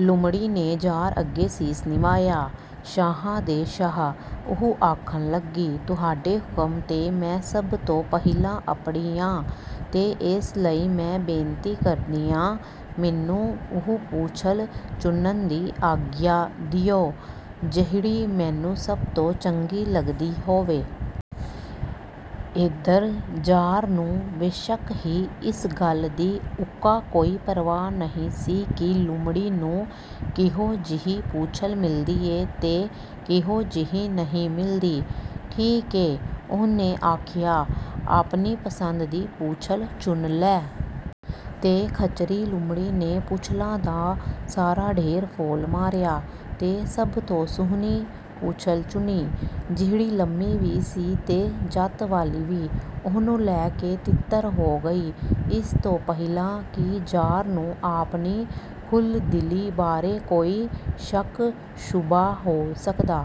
ਲੂੰਮੜੀ ਨੇ ਜ਼ਾਰ ਅੱਗੇ ਸੀਸ ਨਿਵਾਇਆ। "ਸ਼ਾਹਾਂ ਦੇ ਸ਼ਾਹ!" ਉਹ ਆਖਣ ਲੱਗੀ। "ਤੁਹਾਡੇ ਹੁਕਮ 'ਤੇ ਮੈਂ ਸਭ ਤੋਂ ਪਹਿਲਾਂ ਅੱਪੜੀ ਆਂ, ਤੇ ਏਸ ਲਈ ਮੈਂ ਬੇਨਤੀ ਕਰਦੀ ਆਂ, ਮੈਨੂੰ ਉਹ ਪੂਛਲ ਚੁਣਨ ਦੀ ਆਗਿਆ ਦਿਓ, ਜਿਹੜੀ ਮੈਨੂੰ ਸਭ ਤੋਂ ਚੰਗੀ ਲੱਗਦੀ ਹੋਵੇ।" ਏਧਰ ਜ਼ਾਰ ਨੂੰ, ਬੇਸ਼ੱਕ ਹੀ, ਇਸ ਗੱਲ ਦੀ ਉੱਕਾ ਕੋਈ ਪਰਵਾਹ ਨਹੀਂ ਸੀ ਕਿ ਲੂੰਮੜੀ ਨੂੰ ਕਿਹੋ ਜਿਹੀ ਪੂਛਲ ਮਿਲਦੀ ਏ ਤੇ ਕਿਹੋ ਜਿਹੀ ਨਹੀਂ ਮਿਲਦੀ। "ਠੀਕ ਏ," ਉਹਨੇ ਆਖਿਆ, "ਆਪਣੀ ਪਸੰਦ ਦੀ ਪੂਛਲ ਚੁਣ ਲੈ।" ਤੇ ਖਚਰੀ ਲੂੰਮੜੀ ਨੇ ਪੂਛਲਾਂ ਦਾ ਸਾਰਾ ਢੇਰ ਫੋਲ ਮਾਰਿਆ ਤੇ ਸਭ ਤੋਂ ਸੁਹਣੀ ਪੂਛਲ ਚੁਣੀ, ਜਿਹੜੀ ਲੰਮੀ ਵੀ ਸੀ ਤੇ ਜਤ ਵਾਲੀ ਵੀ। ਉਹਨੂੰ ਲੈ ਕੇ ਤਿੱਤਰ ਹੋ ਗਈ, ਇਸ ਤੋਂ ਪਹਿਲਾਂ ਕਿ ਜ਼ਾਰ ਨੂੰ ਆਪਣੀ ਖੁੱਲ੍ਹਦਿਲੀ ਬਾਰੇ ਕੋਈ ਸ਼ੱਕ-ਸ਼ੁਬ੍ਹਾ ਹੋ ਸਕਦਾ।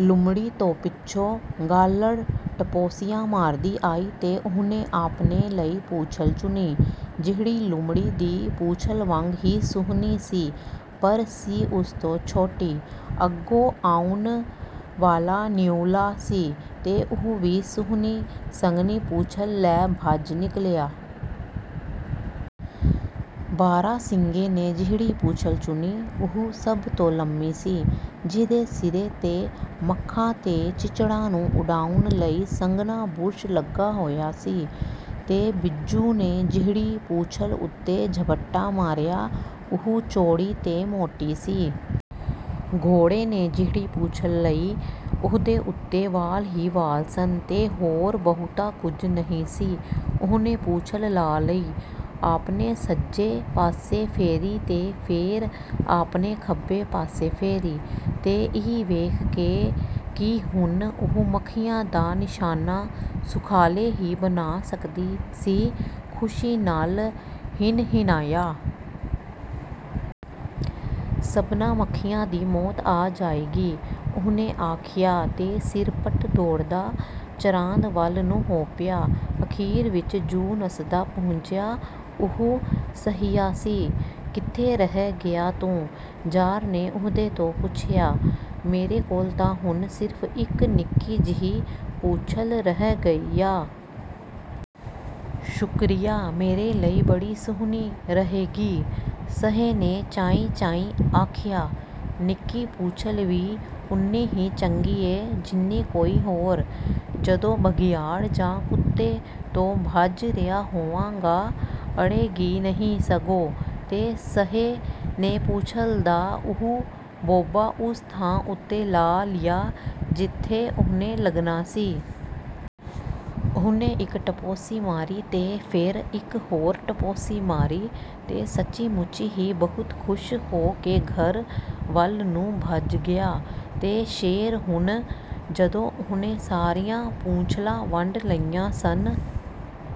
ਲੂੰਮੜੀ ਤੋਂ ਪਿੱਛੋਂ ਗਾਲੜ੍ਹ ਟਪੋਸੀਆਂ ਮਾਰਦੀ ਆਈ ਤੇ ਉਹਨੇ ਆਪਣੇ ਲਈ ਪੂਛਲ ਚੁਣੀ, ਜਿਹੜੀ ਲੂੰਮੜੀ ਦੀ ਪੂਛਲ ਵਾਂਗ ਹੀ ਸੁਹਣੀ ਸੀ, ਪਰ ਸੀ ਉਸ ਤੋਂ ਛੋਟੀ। ਅੱਗੋਂ ਆਉਣ ਵਾਲਾ ਨਿਉਲਾ ਸੀ, ਤੇ ਉਹ ਵੀ ਸੁਹਣੀ, ਸੰਘਣੀ ਪੂਛਲ ਲੈ ਭੱਜ ਨਿਕਲਿਆ। ਬਾਰਾ-ਸਿੰਙੇ ਨੇ ਜਿਹੜੀ ਪੂਛਲ ਚੁਣੀ, ਉਹ ਸਭ ਤੋਂ ਲੰਮੀ ਸੀ, ਜਿਹਦੇ ਸਿਰੇ 'ਤੇ ਮੱਖਾਂ ਤੇ ਚਿੱਚੜਾਂ ਨੂੰ ਉਡਾਉਣ ਲਈ ਸੰਘਣਾ ਬੁਰਸ਼ ਲੱਗਾ ਹੋਇਆ ਸੀ। ਤੇ ਬਿੱਜੂ ਨੇ ਜਿਹੜੀ ਪੂਛਲ ਉੱਤੇ ਝਪਟਾ ਮਾਰਿਆ, ਉਹ ਚੌੜੀ ਤੇ ਮੋਟੀ ਸੀ। ਘੋੜੇ ਨੇ ਜਿਹੜੀ ਪੂਛਲ ਲਈ, ਉਹਦੇ ਉੱਤੇ ਵਾਲ ਹੀ ਵਾਲ ਸਨ ਤੇ ਹੋਰ ਬਹੁਤਾ ਕੁਝ ਨਹੀਂ ਸੀ। ਉਹਨੇ ਪੂਛਲ ਲਾ ਲਈ, ਆਪਣੇ ਸੱਜੇ ਪਾਸੇ ਫੇਰੀ ਤੇ ਫੇਰ ਆਪਣੇ ਖੱਬੇ ਪਾਸੇ ਫੇਰੀ, ਤੇ ਇਹ ਵੇਖ ਕੇ ਕਿ ਹੁਣ ਉਹ ਮੱਖੀਆਂ ਦਾ ਨਿਸ਼ਾਨਾ ਸੁਖਾਲੇ ਹੀ ਬਨਾ ਸਕਦਾ ਸੀ, ਖੁਸ਼ੀ ਨਾਲ ਹਿਨਹਿਨਾਇਆ। "ਸਭਨਾਂ ਮੱਖੀਆਂ ਦੀ ਮੌਤ ਆ ਜਾਏਗੀ," ਉਹਨੇ ਆਖਿਆ ਤੇ ਸਿਰਪਟ ਦੌੜਦਾ ਚਰਾਂਦ ਵੱਲ ਨੂੰ ਹੋ ਪਿਆ। ਅਖ਼ੀਰ ਵਿੱਚ ਜੁ ਨੱਸਦਾ ਪਹੁੰਚਿਆ, ਉਹ ਸਹਿਆ ਸੀ।"ਕਿੱਥੇ ਰਹਿ ਗਿਆ ਤੂੰ?" ਜ਼ਾਰ ਨੇ ਉਹਦੇ ਤੋਂ ਪੁੱਛਿਆ। "ਮੇਰੇ ਕੋਲ ਤਾਂ ਹੁਣ ਸਿਰਫ਼ ਇੱਕ ਨਿੱਕੀ ਜਿਹੀ ਪੂਛਲ ਰਹਿ ਗਈ ਆ।" "ਸ਼ੁਕਰੀਆ, ਮੇਰੇ ਲਈ ਬੜੀ ਸੁਹਣੀ ਰਹੇਗੀ," ਸਹੇ ਨੇ ਚਾਈਂ-ਚਾਈਂ ਆਖਿਆ। "ਨਿੱਕੀ ਪੂਛਲ ਵੀ ਓਨੀ ਹੀ ਚੰਗੀ ਏ, ਜਿੰਨੀ ਕੋਈ ਹੋਰ। ਜਦੋਂ ਬਘਿਆੜ ਜਾਂ ਕੁੱਤੇ ਤੋਂ ਭੱਜ ਰਿਹਾ ਹੋਵਾਂਗਾ, ਅੜੇਗੀ ਨਹੀਂ ਸਗੋਂ!" ਤੇ ਸਹੇ ਨੇ ਪੂਛਲ ਦਾ ਉਹ ਬੋਬਾ ਉਸ ਥਾਂ ਉੱਤੇ ਲਾ ਲਿਆ, ਜਿੱਥੇ ਉਹਨੇ ਲੱਗਣਾ ਸੀ। ਉਹਨੇ ਇੱਕ ਟਪੋਸੀ ਮਾਰੀ ਤੇ ਫੇਰ ਇੱਕ ਹੋਰ ਟਪੋਸੀ ਮਾਰੀ, ਤੇ ਸੱਚੀ-ਮੁੱਚੀ ਹੀ ਬਹੁਤ ਖੁਸ਼ ਹੋ ਕੇ ਘਰ ਵੱਲ ਨੂੰ ਭੱਜ ਗਿਆ। ਤੇ ਸ਼ੇਰ, ਹੁਣ ਜਦੋਂ ਉਹਨੇ ਸਾਰੀਆਂ ਪੂਛਲਾਂ ਵੰਡ ਲਈਆਂ ਸਨ